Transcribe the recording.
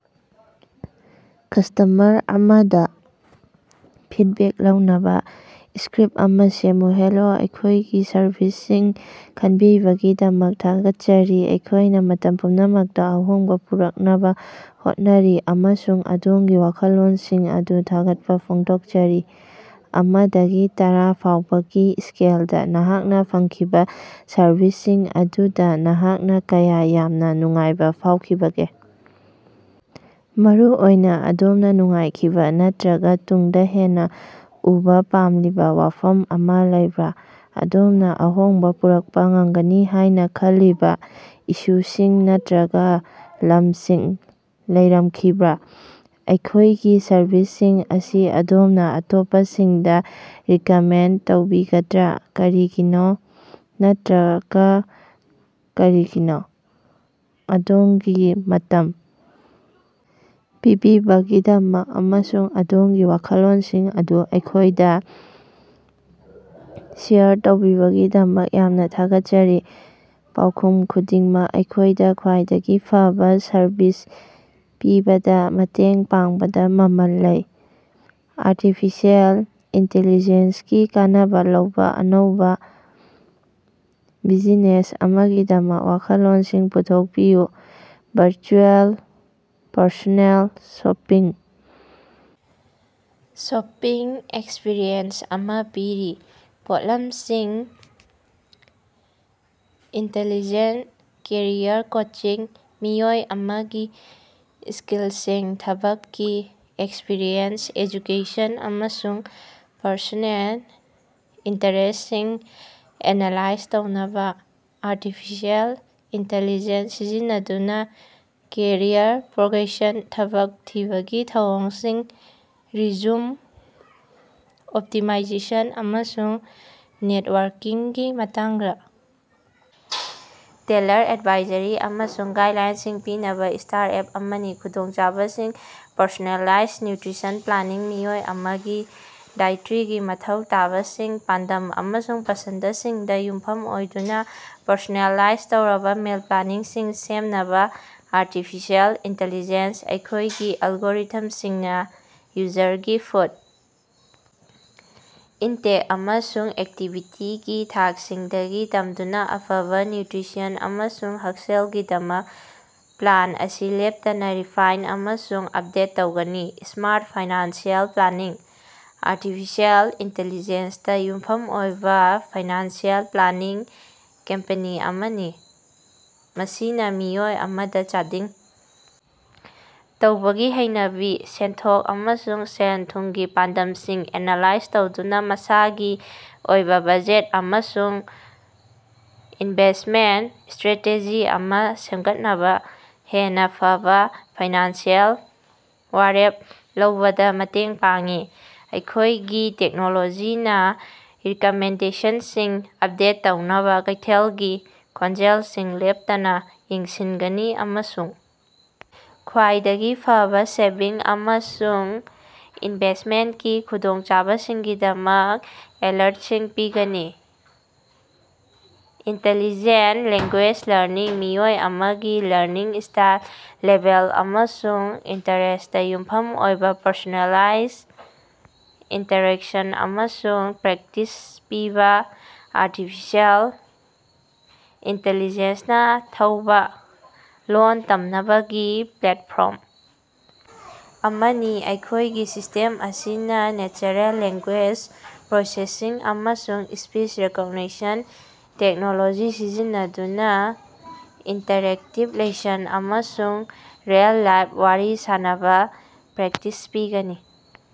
Customer ꯑꯃꯗ feedback ꯂꯧꯅꯕ script ꯑꯃ ꯁꯦꯝꯃꯨ꯫ ꯍꯦꯜꯂꯣ, ꯑꯩꯈꯣꯏꯒꯤ ꯁꯔꯚꯤꯁꯁꯤꯡ ꯈꯟꯕꯤꯕꯒꯤꯗꯃꯛ ꯊꯥꯒꯠꯆꯔꯤ꯫ ꯑꯩꯈꯣꯏꯅ ꯃꯇꯝ ꯄꯨꯝꯅꯃꯛꯇ ꯑꯍꯣꯡꯕ ꯄꯨꯔꯛꯅꯕꯥ ꯍꯣꯠꯅꯔꯤ ꯑꯃꯁꯨꯡ ꯑꯗꯣꯝꯒꯤ ꯋꯥꯈꯜꯂꯣꯟꯁꯤꯡ ꯑꯗꯨ ꯊꯥꯒꯠꯄ ꯐꯣꯡꯗꯣꯛꯆꯔꯤ꯫ ꯑꯃ ꯗꯒꯤ ꯇꯔꯥ ꯐꯥꯎꯕꯒꯤ ꯁ꯭ꯀꯦꯜꯗꯥ, ꯅꯍꯥꯛꯅ ꯐꯪꯈꯤꯕ ꯁꯔꯚꯤꯁꯁꯤꯡ ꯑꯗꯨꯗ ꯅꯍꯥꯛꯅ ꯀꯌꯥ ꯌꯥꯝꯅ ꯅꯨꯡꯉꯥꯏꯕ ꯐꯥꯎꯈꯤꯕꯒꯦ? ꯃꯔꯨꯑꯣꯏꯅ ꯑꯗꯣꯝꯅ ꯅꯨꯡꯉꯥꯏꯈꯤꯕ ꯅꯠꯇꯔꯒ ꯇꯨꯡꯗ ꯍꯦꯟꯅ ꯎꯕꯥ ꯄꯥꯝꯂꯤꯕꯥ ꯋꯥꯐꯝ ꯑꯃ‌ ꯂꯩꯕꯔꯥ? ꯑꯗꯣꯝꯅ ꯑꯍꯣꯡꯕ ꯄꯨꯔꯛꯄ ꯉꯝꯒꯅꯤ ꯍꯥꯏꯅ ꯈꯜꯂꯤꯕ‌ ꯏꯁꯨꯁꯤꯡ ꯅꯠꯇꯔꯒ ꯂꯝꯁꯤꯡ ꯂꯩꯔꯝꯈꯤꯕꯔꯥ? ꯑꯩꯈꯣꯏꯒꯤ ꯁꯔꯚꯤꯁꯁꯤꯡ ꯑꯁꯤ ꯑꯗꯣꯝꯅ ꯑꯇꯣꯞꯄꯁꯤꯡꯗ ꯔꯤꯀꯃꯦꯟꯗ ꯇꯧꯕꯤꯒꯗ꯭ꯔꯥ? ꯀꯔꯤꯒꯤꯅꯣ ꯅꯠꯇꯔꯒ ꯀꯔꯤꯒꯤꯅꯣ? ꯑꯗꯣꯝꯒꯤ ꯃꯇꯝ ꯄꯤꯕꯤꯕꯒꯤꯗꯃꯛ ꯑꯃꯁꯨꯡ ꯑꯗꯣꯝꯒꯤ ꯋꯥꯈꯜꯂꯣꯟꯁꯤꯡ ꯑꯗꯨ ꯑꯩꯈꯣꯏꯗ ꯁꯦꯌꯔ ꯇꯧꯕꯤꯕꯒꯤꯗꯃꯛ ꯌꯥꯝꯅ ꯊꯥꯒꯠꯆꯔꯤ꯫ ꯄꯥꯎꯈꯨꯝ ꯈꯨꯗꯤꯡꯃꯛ ꯑꯩꯈꯣꯏꯗ ꯈ꯭ꯋꯥꯏꯗꯒꯤ ꯐꯕꯥ ꯁꯔꯕꯤꯁ ꯄꯤꯕꯗꯥ ꯃꯇꯦꯡ ꯄꯥꯡꯕꯗꯥ ꯃꯃꯜ ꯂꯩ꯫ ꯑꯥꯔꯇꯤꯐꯤꯁꯤꯑꯦꯜ ꯏꯟꯇꯦꯂꯤꯖꯦꯟꯁꯀꯤ ꯀꯥꯟꯅꯕꯥ ꯂꯧꯕ ꯑꯅꯧꯕ ꯕꯤꯖꯤꯅꯦꯁ ꯑꯃꯒꯤꯗꯃꯛ ꯋꯥꯈꯜꯂꯣꯟꯁꯤꯡ ꯄꯨꯊꯣꯛꯄꯤꯌꯨ꯫ Virtual personal shopping shopping experience ꯑꯃ ꯄꯤꯔꯤ꯫ ꯄꯣꯠꯂꯝꯁꯤꯡ, ꯏꯟꯇꯦꯂꯤꯖꯦꯟꯇ ꯀꯦꯔꯤꯌꯔ ꯀꯣꯆꯤꯡ - ꯃꯤꯑꯣꯏ ꯑꯃꯒꯤ ꯁ꯭ꯀꯤꯜꯁꯤꯡ, ꯊꯕꯛꯀꯤ ꯑꯦꯛꯁꯄꯤꯔꯤꯑꯦꯟꯁ, ꯑꯦꯖꯨꯀꯦꯁꯟ, ꯑꯃꯁꯨꯡ ꯄꯔꯁꯣꯅꯦꯜ ꯏꯟꯇꯔꯦꯁ꯭ꯇꯁꯤꯡ ꯑꯦꯅꯥꯂꯥꯏꯖ ꯇꯧꯅꯕ ꯑꯥꯔꯇꯤꯐꯤꯁꯤꯑꯦꯜ ꯏꯟꯇꯤꯂꯤꯖꯦꯟꯁ ꯁꯤꯖꯤꯟꯅꯗꯨꯅ ꯀꯦꯔꯤꯌꯔ ꯄ꯭ꯔꯣꯒ꯭ꯔꯦꯁꯟ, ꯊꯕꯛ ꯊꯤꯕꯒꯤ ꯊꯧꯑꯣꯡꯁꯤꯡ, ꯔꯤꯖ꯭ꯌꯨꯝ ꯑꯣꯞꯇꯤꯃꯥꯏꯖꯦꯁꯟ, ꯑꯃꯁꯨꯡ ꯅꯦꯠꯋꯥꯔꯀꯤꯡꯒꯤ ꯃꯇꯥꯡꯗ ꯇꯦꯜꯂꯔ ꯑꯦꯗꯚꯥꯏꯖꯔꯤ ꯑꯃꯁꯨꯡ ꯒꯥꯏꯗꯂꯥꯏꯟꯁꯤꯡ ꯄꯤꯅꯕ ꯁ꯭ꯇꯥꯔꯠ-ꯑꯞ ꯑꯃꯅꯤ꯫ ꯈꯨꯗꯣꯡꯆꯥꯕꯁꯤꯡ, ꯄꯔꯁꯣꯅꯥꯂꯥꯏꯖ ꯅ꯭ꯌꯨꯇꯔꯤꯁꯟ ꯄ꯭ꯂꯥꯅꯤꯡ - ꯃꯤꯑꯣꯏ ꯑꯃꯒꯤ ꯗꯥꯏꯑꯦꯇꯔꯤꯒꯤ ꯃꯊꯧ ꯇꯥꯕꯁꯤꯡ, ꯄꯥꯟꯗꯝ ꯑꯃꯁꯨꯡ ꯄꯁꯟꯗꯁꯤꯡꯗ ꯌꯨꯝꯐꯝ ꯑꯣꯏꯗꯨꯅ ꯄꯔꯁꯣꯅꯦꯂꯥꯏꯖ ꯇꯧꯔꯕ ꯃꯤꯜ ꯄ꯭ꯂꯥꯟꯁꯤꯡ ꯁꯦꯝꯅꯕꯥ ꯑꯥꯔꯇꯤꯐꯤꯁꯤꯑꯦꯜ ꯏꯟꯇꯤꯂꯤꯖꯦꯟꯁ ꯑꯩꯈꯣꯏꯒꯤ ꯑꯦꯜꯒꯣꯔꯤꯊꯝꯁꯤꯡꯅ ꯌꯨꯖꯔꯒꯤ ꯐꯨꯗ ꯏꯟꯇꯦꯛ ꯑꯃꯁꯨꯡ ꯑꯦꯛꯇꯤꯚꯤꯇꯤꯒꯤ ꯊꯥꯛꯁꯤꯡꯗꯒꯤ ꯇꯝꯗꯨꯅꯥ ꯑꯐꯕ ꯅ꯭ꯌꯨꯇ꯭ꯔꯤꯁꯟ ꯑꯃꯁꯨꯡ ꯍꯛꯁꯦꯜꯒꯤꯗꯃꯛ ꯄ꯭ꯂꯥꯟ ꯑꯁꯤ ꯂꯦꯞꯇꯥꯅ ꯔꯤꯐꯥꯏꯟꯅꯥ ꯑꯃꯁꯨꯡ ꯑꯞꯗꯦꯠ ꯇꯧꯒꯅꯤ꯫ Smart financial planning - artificial intelligence ꯗꯥ ꯌꯨꯝꯐꯝ ꯑꯣꯏꯕ ꯐꯥꯏꯅꯥꯟꯁꯤꯑꯦꯜ ꯄ꯭ꯂꯥꯅꯤꯡ ꯀꯝꯄꯦꯅꯤ ꯑꯃꯅꯤ, ꯃꯁꯤꯅ ꯃꯤꯑꯣꯏ ꯑꯃꯅ ꯆꯥꯗꯤꯡ ꯇꯧꯕꯒꯤ ꯍꯩꯅꯕꯤ, ꯁꯦꯟꯊꯣꯛ, ꯑꯃꯁꯨꯡ ꯁꯦꯜ-ꯊꯨꯝꯒꯤ ꯄꯥꯟꯗꯝꯁꯤꯡ ꯑꯦꯅꯥꯂꯥꯏꯖ ꯇꯧꯗꯨꯅ ꯃꯁꯥꯒꯤ ꯑꯣꯏꯕ ꯕꯖꯦꯠ ꯑꯃꯁꯨꯡ ꯏꯟꯚꯦꯁ꯭ꯇꯃꯦꯟꯇ ꯁ꯭ꯇꯔꯦꯇꯦꯖꯤ ꯑꯃ ꯁꯦꯝꯒꯠꯅꯕ ꯍꯦꯟꯅ ꯐꯕꯥ ꯐꯥꯏꯅꯥꯟꯁꯤꯑꯦꯜ ꯋꯥꯔꯦꯞ ꯂꯧꯕꯗ ꯃꯇꯦꯡ ꯄꯥꯡꯏ꯫ ꯑꯩꯈꯣꯏꯒꯤ ꯇꯦꯛꯅꯣꯂꯣꯖꯤꯅ ꯔꯤꯀꯃꯦꯟꯗꯦꯁꯟꯁꯤꯡ ꯑꯞꯗꯦꯠ ꯇꯧꯅꯕ ꯀꯩꯊꯦꯜꯒꯤ ꯈꯣꯡꯖꯦꯜꯁꯤꯡ ꯂꯦꯞꯇꯅꯥ ꯌꯦꯡꯁꯤꯟꯒꯅꯤ ꯑꯃꯁꯨꯡ ꯈ꯭ꯋꯥꯏꯗꯒꯤ ꯐꯕꯥ ꯁꯦꯚꯤꯡ ꯑꯃꯁꯨꯡ ꯏꯟꯚꯦꯁ꯭ꯇꯃꯦꯟꯇꯀꯤ ꯈꯨꯗꯣꯡꯆꯥꯕꯁꯤꯡꯒꯤꯗꯃꯛ ꯑꯦꯂ꯭ꯔꯠꯁꯤꯡ ꯄꯤꯒꯅꯤ꯫ ꯏꯟꯇꯦꯂꯤꯖꯦꯟꯇ ꯂꯦꯡꯒꯨꯌꯦꯖ ꯂꯔꯅꯤꯡ - ꯃꯤꯑꯣꯏ ꯑꯃꯒꯤ ꯂꯔꯅꯤꯡ ꯁ꯭ꯇꯥꯏꯜ, ꯂꯦꯚꯦꯜ ꯑꯃꯁꯨꯡ ꯏꯟꯇꯔꯦꯁ꯭ꯇꯇꯥ ꯌꯨꯝꯐꯝ ꯑꯣꯏꯕ ꯄꯔꯁꯣꯅꯦꯂꯥꯏꯖ ꯏꯟꯁꯇ꯭ꯔꯛꯁꯟ ꯑꯃꯁꯨꯡ ꯄ꯭ꯔꯦꯛꯇꯤꯁ ꯄꯤꯕ ꯑꯥꯔꯇꯤꯐꯤꯁꯤꯑꯦꯜ ꯏꯟꯇꯤꯂꯤꯖꯦꯟꯁ ꯅꯥ ꯊꯧꯕ ꯂꯣꯜ ꯇꯝꯅꯕꯒꯤ ꯄ꯭ꯂꯦꯠꯐꯣꯝ ꯑꯃꯅꯤ꯫ ꯑꯩꯈꯣꯏꯒꯤ ꯁꯤꯁꯇꯦꯝ ꯑꯁꯤꯅ ꯅꯦꯆꯔꯦꯜ ꯂꯦꯡꯒꯨꯌꯦꯖ ꯄ꯭ꯔꯣꯁꯦꯁꯤꯡ ꯑꯃꯁꯨꯡ ꯁ꯭ꯄꯤꯆ ꯔꯤꯀꯣꯒꯅꯤꯁꯟ ꯇꯦꯛꯅꯣꯂꯣꯖꯤ ꯁꯤꯖꯤꯟꯅꯗꯨꯅ ꯏꯟꯇꯔꯦꯛꯇꯤꯕ ꯂꯦꯁꯟ ꯑꯃꯁꯨꯡ ꯔꯤꯑꯦꯜ-ꯂꯥꯏꯐ ꯋꯥꯔꯤ ꯁꯥꯅꯕꯥ ꯄ꯭ꯔꯦꯛꯇꯤꯁ ꯄꯤꯒꯅꯤ꯫